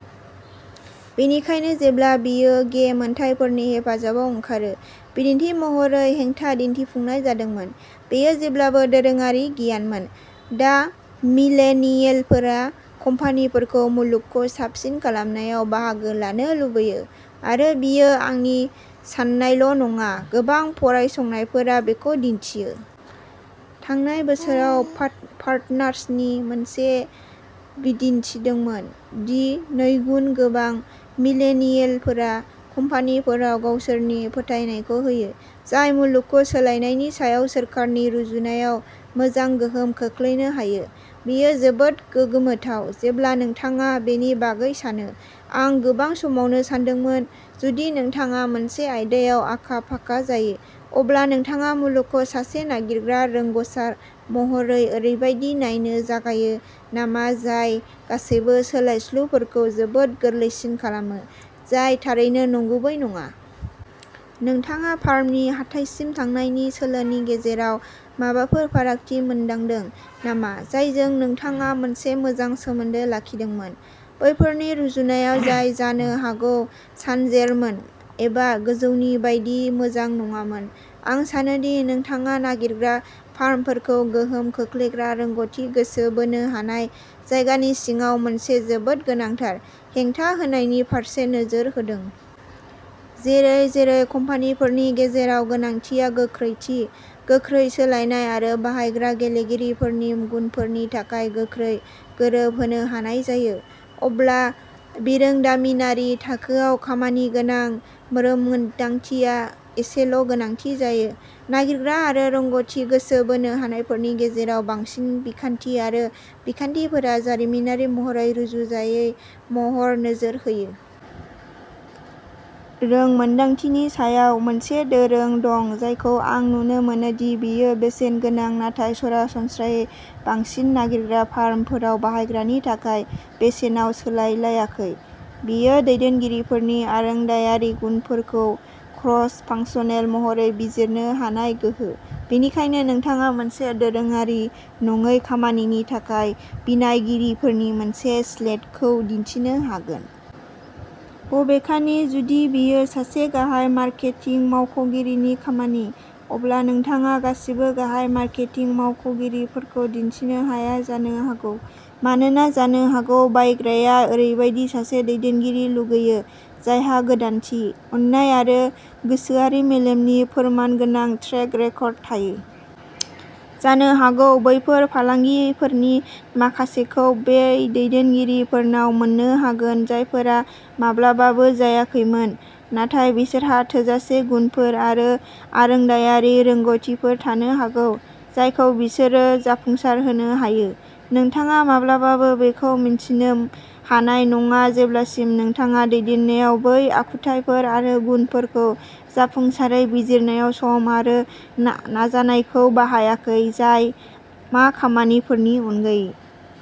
बेनिखायनो जेब्ला बेयो गे मोनथायफोरनि हेफाजाबाव ओंखारो, बिदिन्थि महरै, हेंथा दिन्थिफुंनाय जादोंमोन। बेयो जेब्लाबो दोरोङारि गियानमोन। दा, मिलेनियेलफोरा कम्पानिफोरखौ मुलुगखौ साबसिन खालामनायाव बाहागो लानो लुबैयो। आरो बेयो आंनि साननायल'नङा; गोबां फरायसंनायफोरा बेखौ दिन्थियो। थांनाय बोसोराव पार्टनार्सनि मोनसेया दिन्थिदोंमोन दि नैगुन गोबां मिलेनियेलफोरा कम्पानिफोराव गावसोरनि फोथायनायखौ होयो जाय मुलुगखौ सोलायनायनि सायाव सोरखारनि रुजुनायाव मोजां गोहोम खोख्लैनो हायो। बेयो जोबोद गोमोथाव, जेब्ला नोंथाङा बेनि बागै सानो। आं गोबां समावनो सानदोंमोनः जुदि नोंथाङा मोनसे आयदायाव आखा-फाखा जायो, अब्ला नोंथाङा मुलुगखौ सासे नागिरग्रा रोंग'सार महरै ओरैबायदि नायनो जागायो नामा जाय गासैबो सोलायस्लुफोरखौ जोबोद गोरलैसिन खालामो, जाय थारैनो नंगुबै नङा? नोंथाङा फार्मनि हाथाइसिम थांनायनि सोलोनि गेजेराव माबाफोर फारागथि मोनदांदों नामा, जायजों नोंथाङा मोनसे मोजां सोमोन्दो लाखिदोंमोन? बैफोरनि रुजुनायाव जाय जानो हागौ सानजेरमोन एबा गोजौनि बायदि मोजां नङामोन? आं सानो दि नोंथाङा नागिरग्रा फार्मफोरखौ गोहोम खोख्लैग्रा रोंग'थि गोसो बोनो हानाय जायगानि सिङाव मोनसे जोबोद गोनांथार हेंथा होनायनि फारसे नोजोर होदों। जेरै-जेरै कम्पानिफोरनि गेजेराव गोनांथिआ गोख्रैथि, गोख्रै सोलायनाय आरो बाहायग्रा गेलेगिरिफोरनि गुनफोरनि थाखाय गोख्रै गोरोबहोनो हानाय जायो, अब्ला बिरोंदामिनारि थाखोआव खामानिगोनां रोंमोनदांथिया एसेल'गोनांथि जायो। नागिरग्रा आरो रोंग'थि गोसो बोनो हानायफोरनि गेजेराव बांसिन बिखान्थि आरो बिखान्थिफोरा जारिमिनारि महरै रुजुजायै महरै नोजोर होयो। रोंमोन्दांथिनि सायाव। मोनसे दोरों दं जायखौ आं नुनो मोनो दि बेयो बेसेनगोनां नाथाय सरासनस्रायै बांसिन नागिरग्रा फार्मफोराव बायग्रानि थाखाय बेसेनाव सोलायाखै। बेयो दैदेनगिरिफोरनि आरोंदायारि गुनफोरखौ क्रस-फांसनेल महरै बिजिरनो हानाय गोहो, बेनिखायनो नोंथाङा मोनसे दोरोङारि नङै खामानिनि थाखाय बिनायगिरिफोरनि मोनसे स्लेटखौ दिन्थिनो हागोन। बबेखानि, जुदि बेयो सासे गाहाय मार्केटिं मावख'गिरिनि खामानि, अब्ला नोंथाङा गासिबो गाहाय मार्केटिं मावख'गिरिफोरखौ दिन्थिनो हाया जानो हागौ। मानोना जानो हागौ बायग्राया ओरैबायदि सासे दैदेनगिरि लुगैयो जायहा गोदानथि, अननाय आरो गोसोआरि मेलेमनि फोरमानगोनां ट्रेक रेकर्ड थायो। जानो हागौ, बैफोर फालांगिफोरनि माखासेखौ बै दैदेनगिरिफोरनाव मोन्नो हागोन जायफोरा माब्लाबाबो जायाखैमोन, नाथाय बिसोरहा थोजासे गुनफोर आरो आरोंदायारि रोंग'थिफोर थानो हागौ जायखौ बिसोरो जाफुंसारहोनो हायो। नोंथाङा माब्लाबाबो बेखौ मिन्थिनो हानाय नङा जेब्लासिम नोंथाङा दैदेननायाव बै आखुथायफोर आरो गुनफोरखौ जाफुंसारै बिजिरनायाव सम आरो नाजानायखौ बाहायाखै जाय मा खामानिफोरनि अनगायै।